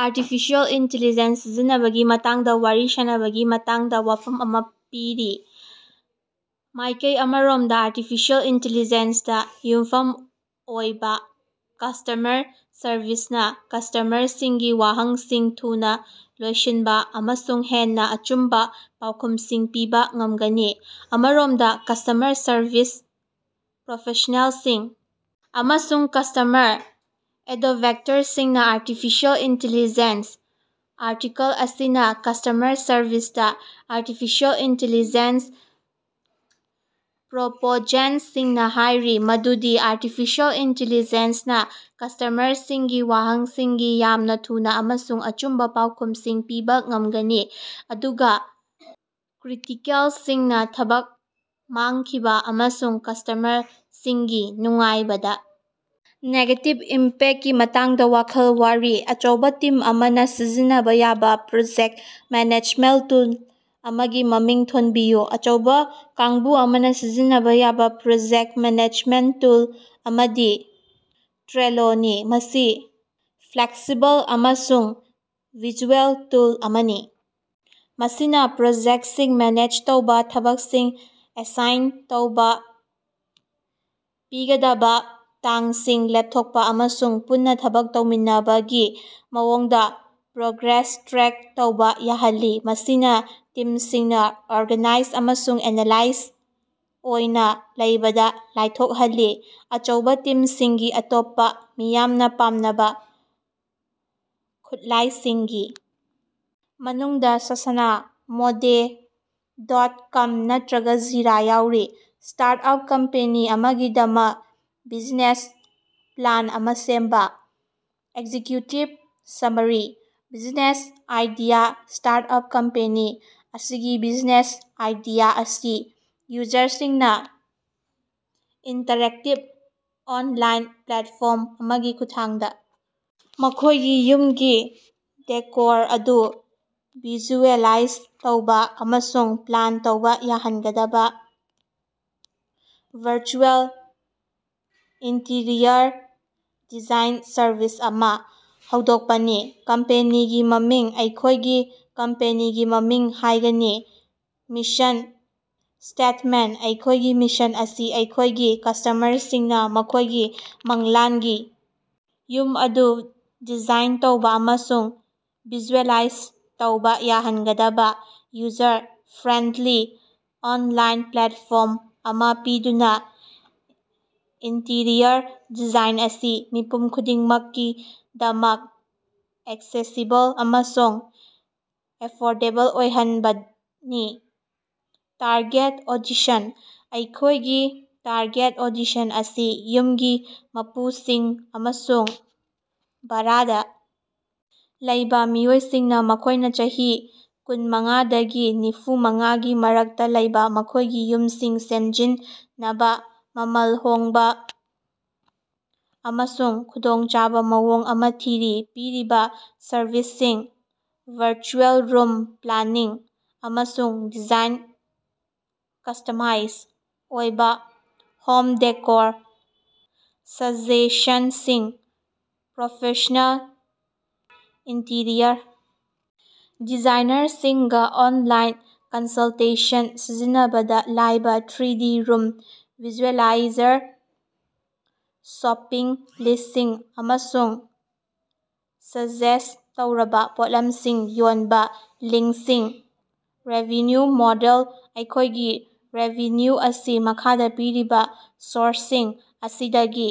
Artificial intelligence ꯁꯤꯖꯤꯟꯅꯕꯒꯤ ꯃꯇꯥꯡꯗ ꯋꯥꯔꯤ ꯁꯥꯅꯕꯒꯤ ꯃꯇꯥꯡꯗ ꯋꯥꯐꯝ ꯑꯃ ꯄꯤꯔꯤ꯫ ꯃꯥꯏꯀꯩ ꯑꯃꯔꯣꯝꯗ, ꯑꯥꯔꯇꯤꯐꯤꯁꯤꯑꯦꯜ ꯏꯟꯇꯤꯂꯤꯖꯦꯟꯁ ꯇꯥ ꯌꯨꯝꯐꯝ ꯑꯣꯏꯕ ꯀꯁ꯭ꯇꯃꯔ ꯁꯔꯕꯤꯁꯅꯥ ꯀꯁ꯭ꯇꯃꯔꯁꯤꯡꯒꯤ ꯋꯥꯍꯪꯁꯤꯡ ꯊꯨꯅ ꯂꯣꯏꯁꯤꯟꯕ ꯑꯃꯁꯨꯡ ꯍꯦꯟꯅ ꯑꯆꯨꯝꯕ ꯄꯥꯎꯈꯨꯝꯁꯤꯡ ꯄꯤꯕ ꯉꯝꯒꯅꯤ꯫ ꯑꯃꯔꯣꯝꯗ, ꯀꯁ꯭ꯇꯃꯔ ꯁꯔꯕꯤꯁ ꯄ꯭ꯔꯣꯐꯦꯁ꯭ꯅꯦꯜꯁꯤꯡ ꯑꯃꯁꯨꯡ ꯀꯁ꯭ꯇꯃꯔ ꯑꯦꯗꯣꯕꯣꯛꯇꯔꯁꯤꯡꯅ ꯑꯥꯔꯇꯤꯐꯤꯁꯤꯑꯦꯜ ꯏꯟꯇꯤꯂꯤꯖꯦꯟꯁ ꯑꯥꯔꯇꯤꯀꯜ ꯑꯁꯤꯅ ꯀꯁ꯭ꯇꯃꯔ ꯁꯔꯕꯤꯁꯇ ꯑꯥꯔꯇꯤꯐꯤꯁꯤꯑꯦꯜ ꯏꯟꯇꯤꯂꯤꯖꯦꯟꯁ ꯄ꯭ꯔꯣꯄꯣꯖꯦꯟꯇꯁꯤꯡꯅ ꯍꯥꯏꯔꯤ ꯃꯗꯨꯗꯤ ꯑꯥꯔꯇꯤꯐꯤꯁꯤꯑꯦꯜ ꯏꯟꯇꯤꯂꯤꯖꯦꯟꯁ ꯅꯥ ꯀꯁ꯭ꯇꯃꯔꯁꯤꯡꯒꯤ ꯋꯥꯍꯪꯁꯤꯡꯒꯤ ꯌꯥꯝꯅ ꯊꯨꯅ ꯑꯃꯁꯨꯡ ꯑꯆꯨꯝꯕ ꯄꯥꯎꯈꯨꯝꯁꯤꯡ ꯄꯤꯕ ꯉꯝꯒꯅꯤ, ꯑꯗꯨꯒ ꯀ꯭ꯔꯤꯇꯤꯀꯦꯜꯁꯤꯡꯅ ꯊꯕꯛ ꯃꯥꯡꯈꯤꯕ ꯑꯃꯁꯨꯡ ꯀꯁ꯭ꯇꯃꯔꯁꯤꯡꯒꯤ ꯅꯨꯡꯉꯥꯏꯕꯗ ꯅꯦꯒꯦꯇꯤꯕ ꯏꯝꯄꯦꯛꯇꯀꯤ ꯃꯇꯥꯡꯗ ꯋꯥꯈꯜ ꯋꯥꯔꯤ꯫ ꯑꯆꯧꯕ ꯇꯤꯝ ꯑꯃꯅ ꯁꯤꯖꯤꯟꯅꯕ ꯌꯥꯕ ꯄ꯭ꯔꯣꯖꯦꯛꯇ ꯃꯦꯅꯦꯖꯃꯦꯟꯇ ꯇꯨꯜ ꯑꯃꯒꯤ ꯃꯃꯤꯡ ꯊꯣꯟꯕꯤꯌꯨ꯫ ꯑꯆꯧꯕ ꯀꯥꯡꯕꯨ ꯑꯃꯅ ꯁꯤꯖꯤꯟꯅꯕ ꯌꯥꯕ ꯄ꯭ꯔꯣꯖꯦꯛꯇ ꯃꯦꯅꯦꯖꯃꯦꯟꯇ ꯇꯨꯜ ꯑꯃꯗꯤ ꯇ꯭ꯔꯦꯂꯣ ꯅꯤ꯫ ꯃꯁꯤ ꯐ꯭ꯂꯦꯛꯁꯤꯕꯜ ꯑꯃꯁꯨꯡ ꯚꯤꯖꯨꯑꯦꯜ ꯇꯨꯜ ꯑꯃꯅꯤ ꯃꯁꯤꯅ ꯄ꯭ꯔꯣꯖꯦꯛꯇꯁꯤꯡ ꯃꯦꯅꯦꯖ ꯇꯧꯕ, ꯊꯕꯛꯁꯤꯡ ꯑꯦꯁꯥꯏꯟ ꯇꯧꯕ, ꯄꯤꯒꯗꯕ ꯇꯥꯡꯁꯤꯡ ꯂꯦꯞꯊꯣꯛꯄ ꯑꯃꯁꯨꯡ ꯄꯨꯟꯅ ꯊꯕꯛ ꯇꯧꯃꯤꯟꯅꯕꯒꯤ ꯃꯑꯣꯡꯗ ꯄ꯭ꯔꯣꯒ꯭ꯔꯦꯁ ꯇ꯭ꯔꯦꯛ ꯇꯧꯕ ꯌꯥꯍꯜꯂꯤ, ꯃꯁꯤꯅ ꯇꯤꯝꯁꯤꯡꯅ ꯑꯣꯔꯒꯥꯅꯥꯏꯖ ꯑꯃꯁꯨꯡ ꯑꯦꯂꯥꯏꯟ ꯑꯣꯏꯅ ꯂꯩꯕꯗ ꯂꯥꯏꯊꯣꯛꯍꯜꯂꯤ꯫ ꯑꯆꯧꯕ ꯇꯤꯝꯁꯤꯡꯒꯤ ꯑꯇꯣꯞꯄ ꯃꯤꯌꯥꯝꯅ ꯄꯥꯝꯅꯕ ꯈꯨꯠꯂꯥꯏꯁꯤꯡꯒꯤ ꯃꯅꯨꯡꯗ ꯑꯥꯁꯥꯅꯥ, ꯃꯣꯟꯗꯦ ꯗꯣꯠ ꯀꯝ ꯅꯠꯇꯔꯒ ꯖꯤꯔꯥ ꯌꯥꯎꯔꯤ꯫ ꯁ꯭ꯇꯥꯔꯠ-ꯑꯞ ꯀꯝꯄꯦꯅꯤ ꯑꯃꯒꯤꯗꯃꯛ ꯕꯤꯖꯤꯅꯦꯁ ꯄ꯭ꯂꯥꯟ ꯑꯃ ꯁꯦꯝꯕ꯫ Executive summary - business idea - startup company ꯑꯁꯤꯒꯤ ꯕꯤꯖꯤꯅꯦꯁ ꯑꯥꯏꯗꯤꯌꯥ ꯑꯁꯤ ꯌꯨꯖꯔꯁꯤꯡꯅ ꯏꯟꯇꯔꯦꯛꯇꯤꯕ ꯑꯣꯟꯂꯥꯏꯟ ꯄ꯭ꯂꯦꯠꯐꯣꯔꯝ ꯑꯃꯒꯤ ꯈꯨꯠꯊꯥꯡꯗ ꯃꯈꯣꯏꯒꯤ ꯌꯨꯝꯒꯤ ꯗꯦꯀꯣꯔ ꯑꯗꯨ ꯚꯤꯖꯨꯑꯦꯂꯥꯏꯖ ꯇꯧꯕ ꯑꯃꯁꯨꯡ ꯄ꯭ꯂꯥꯟ ꯇꯧꯕ ꯌꯥꯍꯟꯒꯗꯕ ꯚꯔꯆꯨꯑꯦꯜ ꯏꯟꯇꯤꯔꯤꯌꯔ ꯗꯤꯖꯥꯏꯟ ꯁꯔꯚꯤꯁ ꯑꯃ ꯍꯧꯗꯣꯛꯄꯅꯤ꯫ ꯀꯝꯄꯦꯅꯤꯒꯤ ꯃꯃꯤꯡ - ꯑꯩꯈꯣꯏꯒꯤ ꯀꯝꯄꯦꯅꯤꯒꯤ ꯃꯃꯤꯡ ꯍꯥꯏꯒꯅꯤ꯫ ꯃꯤꯁꯟ ꯁ꯭ꯇꯦꯠꯃꯦꯟꯇ - ꯑꯩꯈꯣꯏꯒꯤ ꯃꯤꯁꯟ ꯑꯁꯤ ꯑꯩꯈꯣꯏꯒꯤ ꯀꯁ꯭ꯇꯃꯔꯁꯤꯡꯅ ꯃꯈꯣꯏꯒꯤ ꯃꯪꯂꯥꯟꯒꯤ ꯌꯨꯝ ꯑꯗꯨ ꯗꯤꯖꯥꯏꯟ ꯇꯧꯕ ꯑꯃꯁꯨꯡ ꯚꯤꯖꯨꯑꯦꯂꯥꯏꯖ ꯇꯧꯕ ꯌꯥꯍꯟꯒꯗꯕ ꯌꯨꯖꯔ-ꯐ꯭ꯔꯦꯟꯗꯂꯤ ꯑꯣꯟꯂꯥꯏꯟ ꯄ꯭ꯂꯦꯠꯐꯣꯔꯝ ꯑꯃ ꯄꯤꯗꯨꯅ, ꯏꯟꯇꯤꯔꯤꯌꯔ ꯗꯤꯖꯥꯏꯟ ꯑꯁꯤ ꯃꯤꯄꯨꯝ ꯈꯨꯗꯤꯡꯃꯛꯀꯤꯗꯃꯛ ꯑꯦꯛꯁꯦꯁꯤꯕꯜ ꯑꯃꯁꯨꯡ ꯑꯦꯐꯣꯔꯗꯦꯕꯜ ꯑꯣꯏꯍꯟꯕꯅꯤ꯫ ꯇꯥꯔꯒꯦꯠ ꯑꯣꯗꯤꯁꯟ - ꯑꯩꯈ‌ꯣꯏꯒꯤ ꯇꯥꯔꯒꯦꯠ ꯑꯣꯗꯤꯁꯟ ꯑꯁꯤ ꯌꯨꯝꯒꯤ ꯃꯄꯨꯁꯤꯡ ꯑꯃꯁꯨꯡ ꯚꯥꯔꯥꯗ ꯂꯩꯕ ꯃꯤꯑꯣꯏꯁꯤꯡꯅꯤ, ꯃꯈꯣꯏꯅ ꯆꯍꯤ ꯀꯨꯟꯃꯉꯥꯥꯗꯒꯤ ꯅꯤꯐꯨꯃꯉꯥꯒꯤ ꯃꯔꯛꯇ ꯂꯩꯕ, ꯃꯈꯣꯏꯒꯤ ꯌꯨꯝꯁꯤꯡ ꯁꯦꯝꯖꯤꯟꯅꯕꯥ ꯃꯃꯜ ꯍꯣꯡꯕ ꯑꯃꯁꯨꯡ ꯈꯨꯗꯣꯡꯆꯥꯕ ꯃꯑꯣꯡ ꯑꯃ ꯊꯤꯔꯤ꯫ ꯄꯤꯔꯤꯕ ꯁꯔꯚꯤꯁꯁꯤꯡ - ꯚꯔꯆꯨꯑꯦꯜ ꯔꯨꯝ ꯄ꯭ꯂꯥꯅꯤꯡ ꯑꯃꯁꯨꯡ ꯗꯤꯖꯥꯏꯟ ꯀꯁ꯭ꯇꯃꯁ ꯑꯣꯏꯕ ꯍꯣꯝ ꯗꯦꯀꯣꯔ ꯁꯥꯖꯦꯁꯟꯁꯤꯡ ꯄ꯭ꯔꯣꯐꯦꯁ꯭ꯅꯦꯜ ꯏꯟꯇꯤꯔꯤꯌꯔ ꯗꯤꯖꯥꯏꯅꯔꯁꯤꯡꯒ ꯑꯣꯟꯂꯥꯏꯟ ꯀꯟꯁꯜꯇꯦꯁꯟ ꯁꯤꯖꯤꯟꯅꯕꯗꯥ live three D room visualiser shopping ꯂꯤꯁꯁꯤꯡ ꯑꯃꯁꯨꯡ ꯁꯖꯦꯁ꯭ꯠ ꯇꯧꯔꯕ ꯄꯣꯠꯂꯝꯁꯤꯡ ꯌꯣꯟꯕ ꯂꯤꯡꯁꯤꯡ ꯔꯦꯚꯤꯅ꯭ꯌꯨ ꯃꯣꯗꯦꯜ - ꯑꯩꯈꯣꯏꯒꯤ ꯔꯦꯚꯤꯅ꯭ꯌꯨ ꯑꯁꯤ ꯃꯈꯥꯗ ꯄꯤꯔꯤꯕ ꯁꯣꯔꯁꯁꯤꯡ ꯑꯁꯤꯗꯒꯤ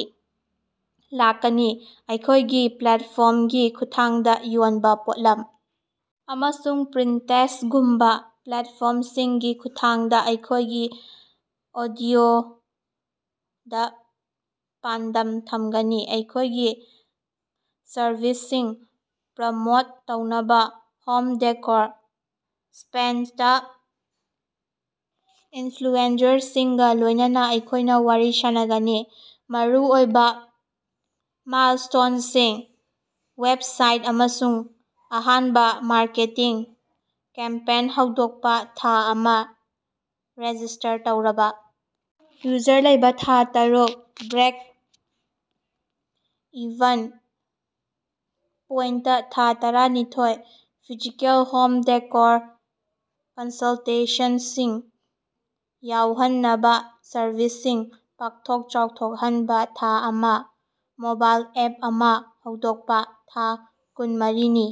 ꯂꯥꯛꯀꯅꯤ꯫ ꯑꯩꯈꯣꯏꯒꯤ ꯄ꯭ꯂꯦꯠꯐꯣꯔꯝꯒꯤ ꯈꯨꯠꯊꯥꯡꯗ ꯌꯣꯟꯕ ꯄꯣꯠꯂꯝ ꯑꯃꯁꯨꯡ ꯄꯤꯟꯇꯦꯁ꯭ꯇꯒꯨꯝꯕ ꯄ꯭ꯂꯦꯠꯐꯣꯔ꯭ꯝꯁꯤꯡꯒꯤ ꯈꯨꯠꯊꯥꯡꯗ ꯑꯩꯈꯣꯏꯒꯤ ꯑꯣꯗꯤꯑꯣꯗ ꯄꯥꯟꯗꯝ ꯊꯝꯒꯅꯤ꯫ ꯑꯩꯈꯣꯏꯒꯤ ꯁꯔꯕꯤꯁꯁꯤꯡ ꯄ꯭ꯔꯃꯣꯠ ꯇꯧꯅꯕ ꯍꯣꯝ ꯗꯦꯀꯣꯔ ꯁ꯭ꯄꯦꯁꯇꯥ ꯏꯟꯐ꯭ꯂꯨꯑꯦꯟꯖꯔꯁꯤꯡꯒ ꯂꯣꯏꯅꯅ ꯑꯩꯈꯣꯏꯅ ꯋꯥꯔꯤ ꯁꯥꯅꯒꯅꯤ꯫ ꯃꯔꯨꯑꯣꯏꯕ ꯃꯥꯏꯜꯁ꯭ꯇꯣꯟꯁꯤꯡ: ꯋꯦꯕꯁꯥꯏꯠ ꯑꯃꯁꯨꯡ ꯑꯍꯥꯟꯕ ꯃꯥꯔꯀꯦꯇꯤꯡ ꯀꯦꯝꯄꯦꯟ ꯍꯧꯗꯣꯛꯄ ꯊꯥ ꯑꯃ, ꯔꯦꯖꯤꯁ꯭ꯇꯔ ꯇꯧꯔꯕꯥ ꯌꯨꯖꯔ ꯂꯧꯕ ꯊꯥ ꯇꯔꯨꯛ, ꯕ꯭ꯔꯦꯛ-ꯏꯚꯟ ꯄꯣꯏꯟꯇ ꯊꯥ ꯇꯔꯥꯅꯤꯊꯣꯏ, ꯐꯤꯖꯤꯀꯦꯜ ꯍꯣꯝ ꯗꯦꯀꯣꯔ ꯀꯟꯁꯜꯇꯦꯁꯟꯁꯤꯡ ꯌꯥꯎꯍꯟꯅꯕ ꯁꯔꯚꯤꯁꯁꯤꯡ ꯄꯥꯛꯊꯣꯛ-ꯆꯥꯎꯊꯣꯛꯍꯟꯕ ꯊꯥ ꯑꯃ, ꯃꯣꯕꯥꯏꯜ ꯑꯦꯞ ꯑꯃ ꯍꯧꯗꯣꯛꯄ ꯊꯥ ꯀꯨꯟꯃꯔꯤ ꯅꯤ꯫